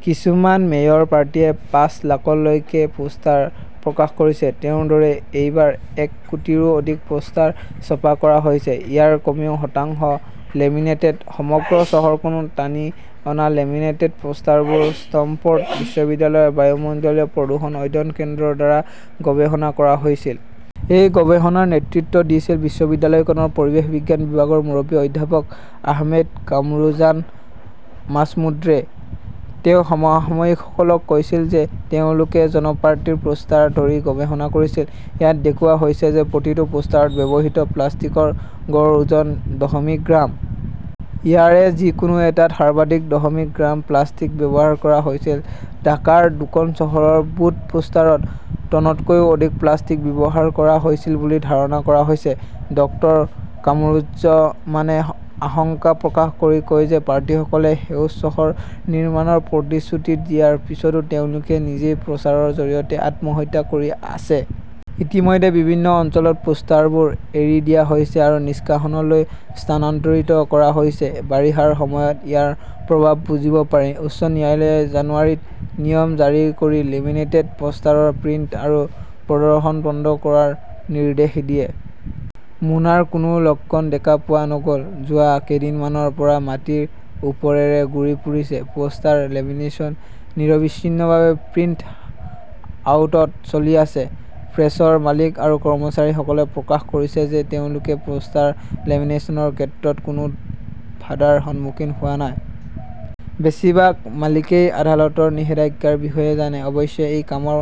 কিছুমান মেয়ৰ প্ৰাৰ্থীয়ে পাঁচ লাখলৈকে পোষ্টাৰ প্ৰকাশ কৰিছে। তেওঁৰ দৰে, এইবাৰ এক কোটিৰো অধিক পোষ্টাৰ ছপা কৰা হৈছে। ইয়াৰ কমেও শতাংশ লেমিনেটেড। সমগ্ৰ চহৰখনত টানি অনা লেমিনেটেড পোষ্টাৰবোৰ ষ্টেমফৰ্ড বিশ্ববিদ্যালয়ৰ বায়ুমণ্ডলীয় প্ৰদূষণ অধ্যয়ন কেন্দ্ৰ ৰ দ্বাৰা গৱেষণা কৰা হৈছিল। এই গৱেষণাৰ নেতৃত্ব দিছিল বিশ্ববিদ্যালয়খনৰ পৰিৱেশ বিজ্ঞান বিভাগৰ মুৰব্বী অধ্যাপক আহমেদ কামৰুজান মাজমুদ্ৰে। তেওঁ সমসাময়িকসকলক কৈছিল যে তেওঁলোকে জন প্ৰাৰ্থীৰ পোষ্টাৰ ধৰি গৱেষণা কৰিছিল। ইয়াত দেখুওৱা হৈছে যে প্ৰতিটো পোষ্টাৰত ব্যৱহৃত প্লাষ্টিকৰ গড় ওজন দশমিক গ্ৰাম। ইয়াৰে যিকোনো এটাত সৰ্বাধিক দশমিক গ্ৰাম প্লাষ্টিক ব্যৱহাৰ কৰা হৈছিল। ঢাকাৰ দুখন চহৰৰ ভোট পোষ্টাৰত টনতকৈও অধিক প্লাষ্টিক ব্যৱহাৰ কৰা হৈছিল বুলি ধাৰণা কৰা হৈছে। ডক্টৰ কামৰুজ্জমানে আশংকা প্ৰকাশ কৰি কয় যে প্ৰাৰ্থীসকলে সেউজ চহৰ নিৰ্মাণৰ প্ৰতিশ্ৰুতি দিয়াৰ পিছতো তেওঁলোকে নিজেই প্ৰচাৰৰ জৰিয়তে আত্মহত্যা কৰি আছে। ইতিমধ্যে বিভিন্ন অঞ্চলত পোষ্টাৰবোৰ এৰি দিয়া হৈছে আৰু নিষ্কাশনলৈ স্থানান্তৰিত কৰা হৈছে। বাৰিষাৰ সময়ত ইয়াৰ প্ৰভাৱ বুজিব পাৰি। উচ্চ ন্যায়ালয়ে জানুৱাৰীত নিয়ম জাৰি কৰি লেমিনেটেড পোষ্টাৰৰ প্ৰিণ্ট আৰু প্ৰদৰ্শন বন্ধ কৰাৰ নিৰ্দেশ দিয়ে। মোনাৰ কোনো লক্ষণ দেখা পোৱা নগ’ল। যোৱা কেইদিনমানৰ পৰা মাটিৰ ওপৰেৰে ঘূৰি ফুৰিছে, পোষ্টৰ লেমিনেশ্যন নিৰবিচ্ছিন্নভাৱে প্ৰিণ্ট আউটত চলি আছে। প্ৰেছৰ মালিক আৰু কৰ্মচাৰীসকলে প্ৰকাশ কৰিছে যে তেওঁলোকে পোষ্টাৰ লেমিনেচনৰ ক্ষেত্ৰত কোনো বাধাৰ সন্মুখীন হোৱা নাই। বেছিভাগ মালিকই আদালতৰ নিষেধাজ্ঞাৰ বিষয়ে জানে। অৱশ্যে, এই কামৰ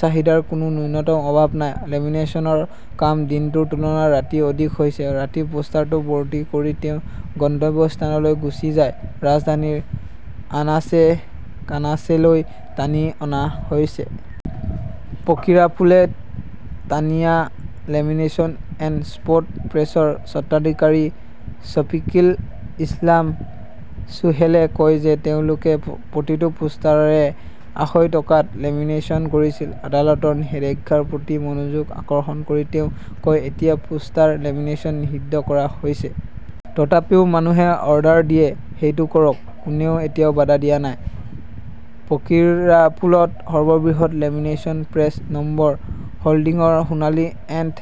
চাহিদাৰ কোনো ন্যূনতম অভাৱ নাই। লেমিনেচনৰ কাম দিনটোৰ তুলনাত ৰাতি অধিক হৈছে। ৰাতি পোষ্টাৰটো ভৰ্তি কৰি তেওঁ গন্তব্যস্থানলৈ গুচি যায়। ৰাজধানীৰ আনাচে-কানাচেলৈ টানি অনা হৈছে।, ফকীৰাপুলে তানিয়া লেমিনেচন এণ্ড স্পট প্ৰেছৰ স্বত্বাধিকাৰী শফিকিল ইছলাম চোহেলে কয় যে তেওঁলোকে প্ৰতিটো পোষ্টাৰে আঢ়ৈ টকাত লেমিনেচন কৰিছিল। আদালতৰ নিষেধাজ্ঞাৰ প্ৰতি মনোযোগ আকৰ্ষণ কৰি তেওঁ কয়, এতিয়া পোষ্টাৰ লেমিনেচন নিষিদ্ধ কৰা হৈছে। তথাপিও মানুহে অৰ্ডাৰ দিয়ে, সেইটো কৰক। কোনেও এতিয়াও বাধা দিয়া নাই। 'ফকীৰাপুলত সৰ্ববৃহৎ লেমিনেচন প্ৰেছ নম্বৰ হোল্ডিংৰ' সোণালী এণ্ড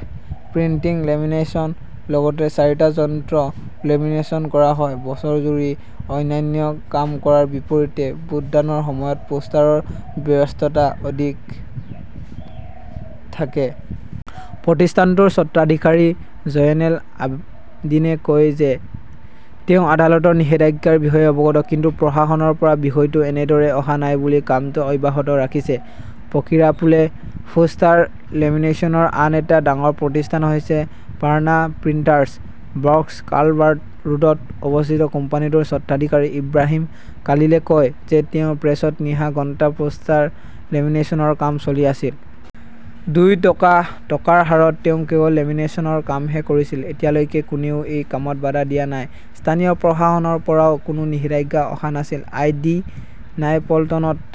প্ৰিণ্টিং লেমিনেচন । লগতে চাৰিটা যন্ত্ৰত লেমিনেচন কৰা হয়। বছৰজুৰি অন্যান্য কাম কৰাৰ বিপৰীতে ভোটদানৰ সময়ত পোষ্টাৰৰ ব্যস্ততা অধিক থাকে। প্ৰতিষ্ঠানটোৰ স্বত্বাধিকাৰী জয়নেল আবদীনে কয় যে তেওঁ আদালতৰ নিষেধাজ্ঞাৰ বিষয়ে অৱগত। কিন্তু প্ৰশাসনৰ পৰা বিষয়টো এনেদৰে অহা নাই বুলি কামটো অব্যাহত ৰাখিছে। ফকীৰাপুলে পোষ্টাৰ লেমিনেচনৰ আন এটা ডাঙৰ প্ৰতিষ্ঠান হৈছে ফাৰ্না প্ৰিণ্টাৰ্ছ। বক্স কালভাৰ্ট ৰোডত অৱস্থিত কোম্পানীটোৰ স্বত্বাধিকাৰী ইব্ৰাহিম খালিলে কয় যে তেওঁৰ প্ৰেছত নিশা ঘণ্টা পোষ্টাৰ লেমিনেচনৰ কাম চলি আছিল। দুই টকা টকাৰ হাৰত তেওঁ কেৱল লেমিনেচনৰ কামহে কৰিছিল। এতিয়ালৈকে কোনেও এই কামত বাধা দিয়া নাই। স্থানীয় প্ৰশাসনৰ পৰাও কোনো নিষেধাজ্ঞা অহা নাছিল। আই. ডি. নয়াপল্টনত